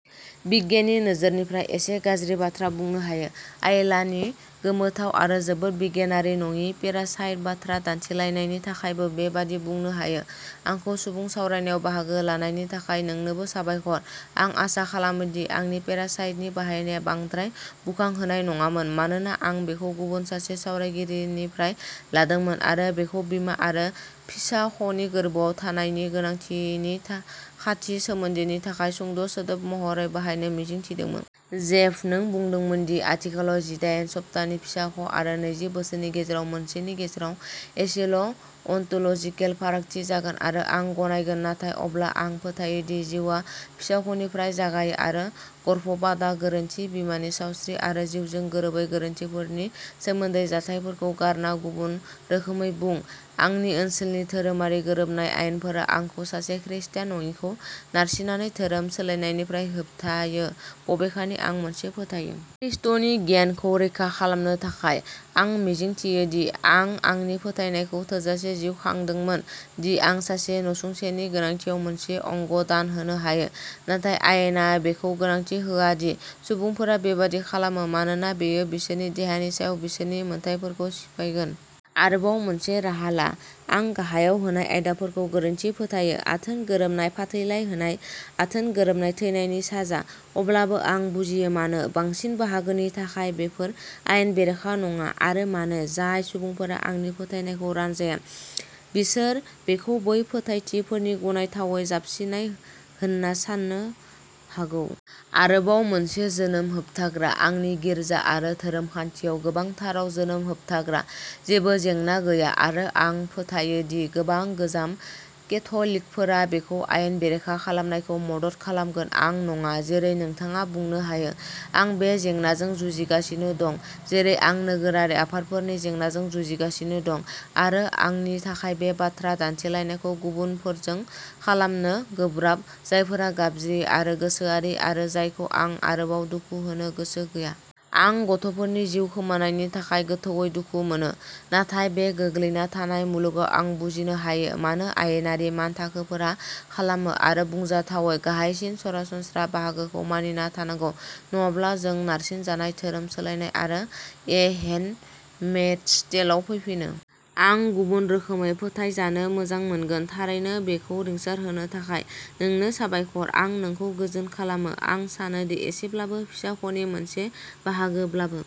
बिगियाननि नोजोरनिफ्राय एसे गाज्रि बाथ्रा बुंनो हायो। आयेलानि गोमोथाव आरो जोबोद बिगियानारि नङि पेरासाइट बाथ्रा दान्थेलायनायनि थाखायबो बेबादि बुंनो हायो। आंखौ सुबुं सावरायनायाव बाहागो लानायनि थाखाय नोंनोबो साबायखर। आं आसा खालामो दि आंनि पेरासाइट नि बाहायनाया बांद्राय बुखांहोनाय नङामोन, मानोना आं बेखौ गुबुन सासे सावरायगिरिनिफ्राय लादोंमोन आरो बेखौ बिमा आरो फिसाख'नि गोरबोआव थानायनि गोनांथिनि खाथि सोमोन्दोनि थाखाय सुंद' सोदोब महरै बाहायनो मिजिं थिदोंमोन। जेफ, नों बुंदोंमोन दि आथिखालाव जिदायेन सप्तानि फिसाख' आरो नैजि बोसोरनि गेजेराव मोनसेनि गेजेराव एसेल' अनटोल'जिकेल फारागथि जागोन, आरो आं गनायगोन नाथाय अब्ला, आं फोथायो दि जिउआ फिसाख'निफ्राय जागायो, आरो गर्भपातआ गोरोन्थि बिमानि सावस्रि आरो जिउजों गोरोबै गोरोन्थिफोरनि सोमोन्दै जाथायफोरखौ गारना गुबुन रोखोमै बुं आंनि ओनसोलनि धोरोमारि गोरोबनाय आयेनफोरा आंखौ सासे खृस्टान नङिखौ नारसिननानै धोरोम सोलायनायनिफ्राय होबथायो, बबेखानि आं मोनसे फोथायो। खृष्टनि गियानखौ रैखा खालामनो थाखाय। आं मिजिंथियो दि आं आंनि फोथायनायखौ थोजासे जिउ खांदोंमोन दि आं सासे नसुंसेनि गोनांथियाव मोनसे अंग दान होनो हायो, नाथाय आयेना बेखौ गोनांथि होआ दि सुबुंफोरा बेबादि खालामो, मानोना बेयो बिसोरनि देहानि सायाव बिसोरनि मोन्थाइफोरखौ सिफायगोन। आरोबाव मोनसे राहा ला आं गाहायाव होनाय आयदाफोरखौ गोरोन्थि फोथायो आथोन गोरोबनाय, फाथैलाइ होनाय, आथोन गोरोबनाय, थैनायनि साजा। अब्लाबो आं बुजियो मानो, बांसिन बाहागोनि थाखाय, बेफोर आयेन बेरेखा नङा, आरो मानो जाय सुबुंफोरा आंनि फोथायनायखौ रानजाया बिसोर बेखौ बै फोथायथिफोरनि गनायथावै जाबसिननाय होनना सान्नो हागौ। आरोबाव मोनसे जोनोम होबथाग्रा। आंनि गिर्जा आरो धोरोमखान्थियाव, गोबांथाराव, जोनोम होबथाग्रा जेबो जेंना गैया, आरो, आं फोथायो दि गोबां गोजाम केथ'लिकफोरा बेखौ आयेन बेरेखा खालामनायखौ मदद खालामगोन, आं नङा। जेरै नोंथाङा बुंनो हायो, आं बे जेंनाजों जुजिगासिनो दं, जेरै आं नोगोरारि आफादफोरनि जेंनाजों जुजिगासिनो दं, आरो आंनि थाखाय बे बाथ्रा दान्थेलायनायखौ गुबुनफोरजों खालामनो गोब्राब जायफोरा गाबज्रियो आरो गोसोआरि, आरो जायखौ आं आरोबाव दुखु होनो गोसो गैया। आं गथ'फोरनि जिउ खोमानायनि थाखाय गोथौवै दुखु मोनो। नाथाय बे गोग्लैना थानाय मुलुगाव, आं बुजिनो हायो मानो आयेनारि मानथाखोफोरा खालामो, आरो बुंजाथावै, गाहायसिन सरासनस्रा बाहागोखौ मानिना थानांगौ नङाब्ला जों नारसिनजानाय धोरोम सोलायनाय आरो ए हेन्डमेइड्स टेलआव फैफिनो। आं गुबुन रोखोमै फोथायजानो मोजां मोनगोन, थारैनो। बेखौ रिंसारहोनो थाखाय नोंनो साबायखर। आं नोंखौ गोजोन खालामो। आं सानो दि एसेब्लाबो फिसाख'नि मोनसे बाहागोब्लाबो।